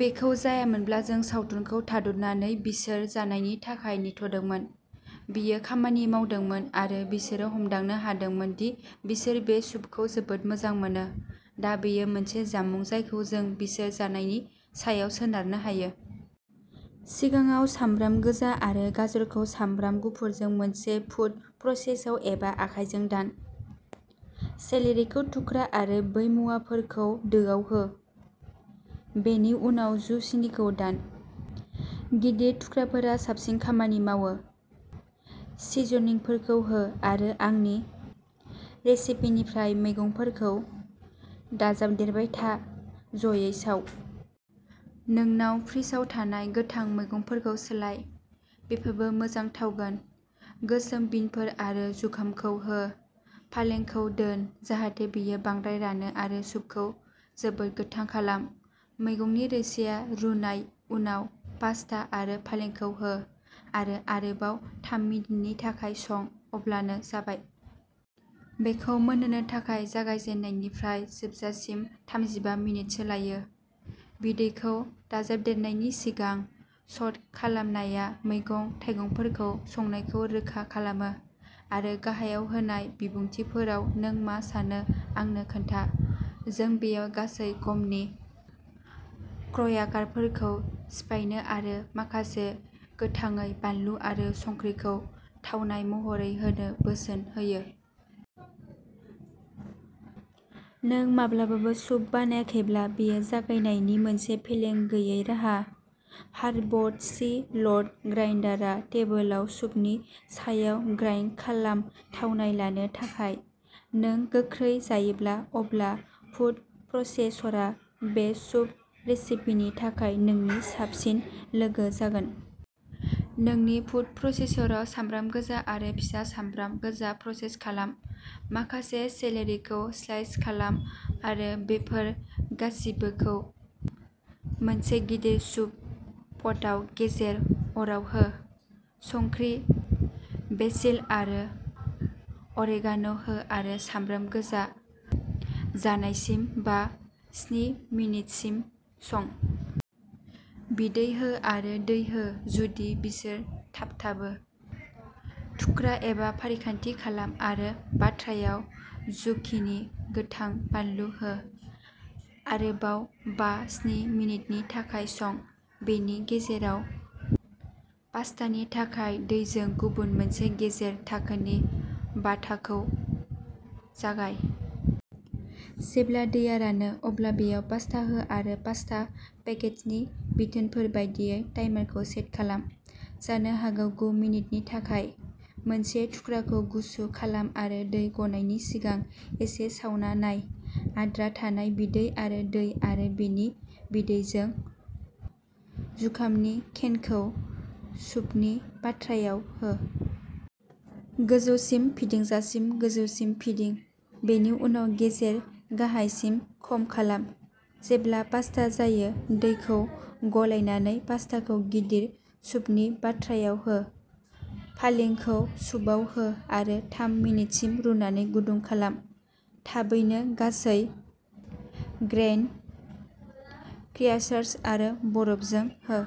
बेखौ जायामोनब्ला जों सावथुनखौ थाद'नानै बिसोर जानायनि थाखाय नेथ'दोंमोन। बेयो खामानि मावदोंमोन, आरो बिसोरो हमदांनो हादोंमोन दि बिसोर बे सुपखौ जोबोद मोजां मोनो, दा बेयो मोनसे जामुं जायखौ जों बिसोर जानायनि सायाव सोनारनो हायो। सिगाङाव सामब्राम गोजा आरो गाजरखौ सामब्राम गुफुरजों, मोनसे फुद प्रसेसराव, एबा आखायजों दान। सेलेरिखौ थुख्रा आरो बै मुवाफोरखौ दोआव हो। बेनि उनाव जुचिनीखौ दान। गिदिर थुख्राफोरा साबसिन खामानि मावो। सिजनिंफोरखौ हो, आरो आंनि रेसिपिनिफ्राय मैगंफोरखौ दाजाबदेरबाय था, ज'यै साव। नोंनाव फ्रिजआव थानाय गोथां मैगंफोरखौ सोलाय, बेफोरबो मोजां थावगोन। गोसोम बिनफोर आरो जुखामखौ हो। पालेंखौ दोन, जाहाथे बेयो बांद्राय रानो आरो सुपखौ जोबोद गोथां खालाम। मैगंनि रोसिआ रुनाय उनाव पास्ता आरो पालेंखौ हो आरो आरोबाव थाम मिनिटनि थाखाय सं अब्लानो जाबाय। बेखौ मोनहोनो थाखाय जागायजेननायनिफ्राय जोबजासिम थामजिबा मिनिटसो लायो। बिदैखौ दाजाबदेरनायनि सिगां स'ट खालामनाया मैगं-थाइगंफोरखौ संनायखौ रोखा खालामो। आरो गाहायाव होनाय बिबुंथिफोराव नों मा सानो आंनो खोन्था। जों बेयाव गासै गमनि क्र्याकारफोरखौ सिफायनो आरो माखासे गोथाङै बानलु आरो संख्रिखौ थावनाय महरै होनो बोसोन होयो। नों माब्लाबाबो सुप बानायाखैब्ला, बेयो जागायनायनि मोनसे फेलें गैयै राहा। हार्बड सी सल्ट ग्राइन्डारआ टेबोलाव सुपनि सायाव ग्राइन्ड खालाम, थावनाय लानो थाखाय। नों गोख्रै जायोब्ला, अब्ला फुद प्रसेसरआ बे सुप रेसिपिनि थाखाय नोंनि साबसिन लोगो जागोन। नोंनि फुद प्रसेसराव सामब्राम गोजा आरो फिसा सामब्राम गोजा प्रसेस खालाम। माखासे सेलेरिखौ स्लाइस खालाम आरो बेफोर गासिबोखौ मोनसे गिदिर सुप पटआव गेजेर अराव हो। संख्रि, बेसिल आरो अरेगान' हो आरो सामब्राम गोजा जानायसिम बा- स्नि मिनिटसिम सं। बिदै हो आरो दै हो, जुदि बिसोर थाबथाबो। थुख्रा एबा फारिखान्थि खालाम आरो बाथ्रायाव जुकिनि, गोथां बानलु हो। आरोबाव बा- स्नि मिनिटनि थाखाय सं। बेनि गेजेराव, पास्तानि थाखाय दैजों गुबुन मोनसे गेजेर-थाखोनि बाथाखौ जागाय। जेब्ला दैया रानो, अब्ला बेयाव पास्ता हो आरो पास्ता पेकेजनि बिथोनफोर बायदियै टाइमारखौ सेट खालाम। जानो हागौ गु मिनिटनि थाखाय। मोनसे थुख्राखौ गुसु खालाम आरो दै गनायनि सिगां एसे सावना नाय। आद्रा थानाय बिदै आरो दै आरो बेनि बिदैजों जुखामनि केनखौ सुपनि बाथ्रायाव हो। गोजौसिम फिदिंजासिम गोजौसिम फिदिं, बेनि उनाव गेजेर गाहायसिम खम खालाम। जेब्ला पास्ता जायो, दैखौ गलायनानै पास्टाखौ गिदिर सुपनि बाथ्रायाव हो। पालेंखौ सुपआव हो आरो थाम मिनिटसिम रुनानै गुदुं खालाम। थाबैनो गासै ग्रेइन क्र्याकार्स आरो बरफजों हो।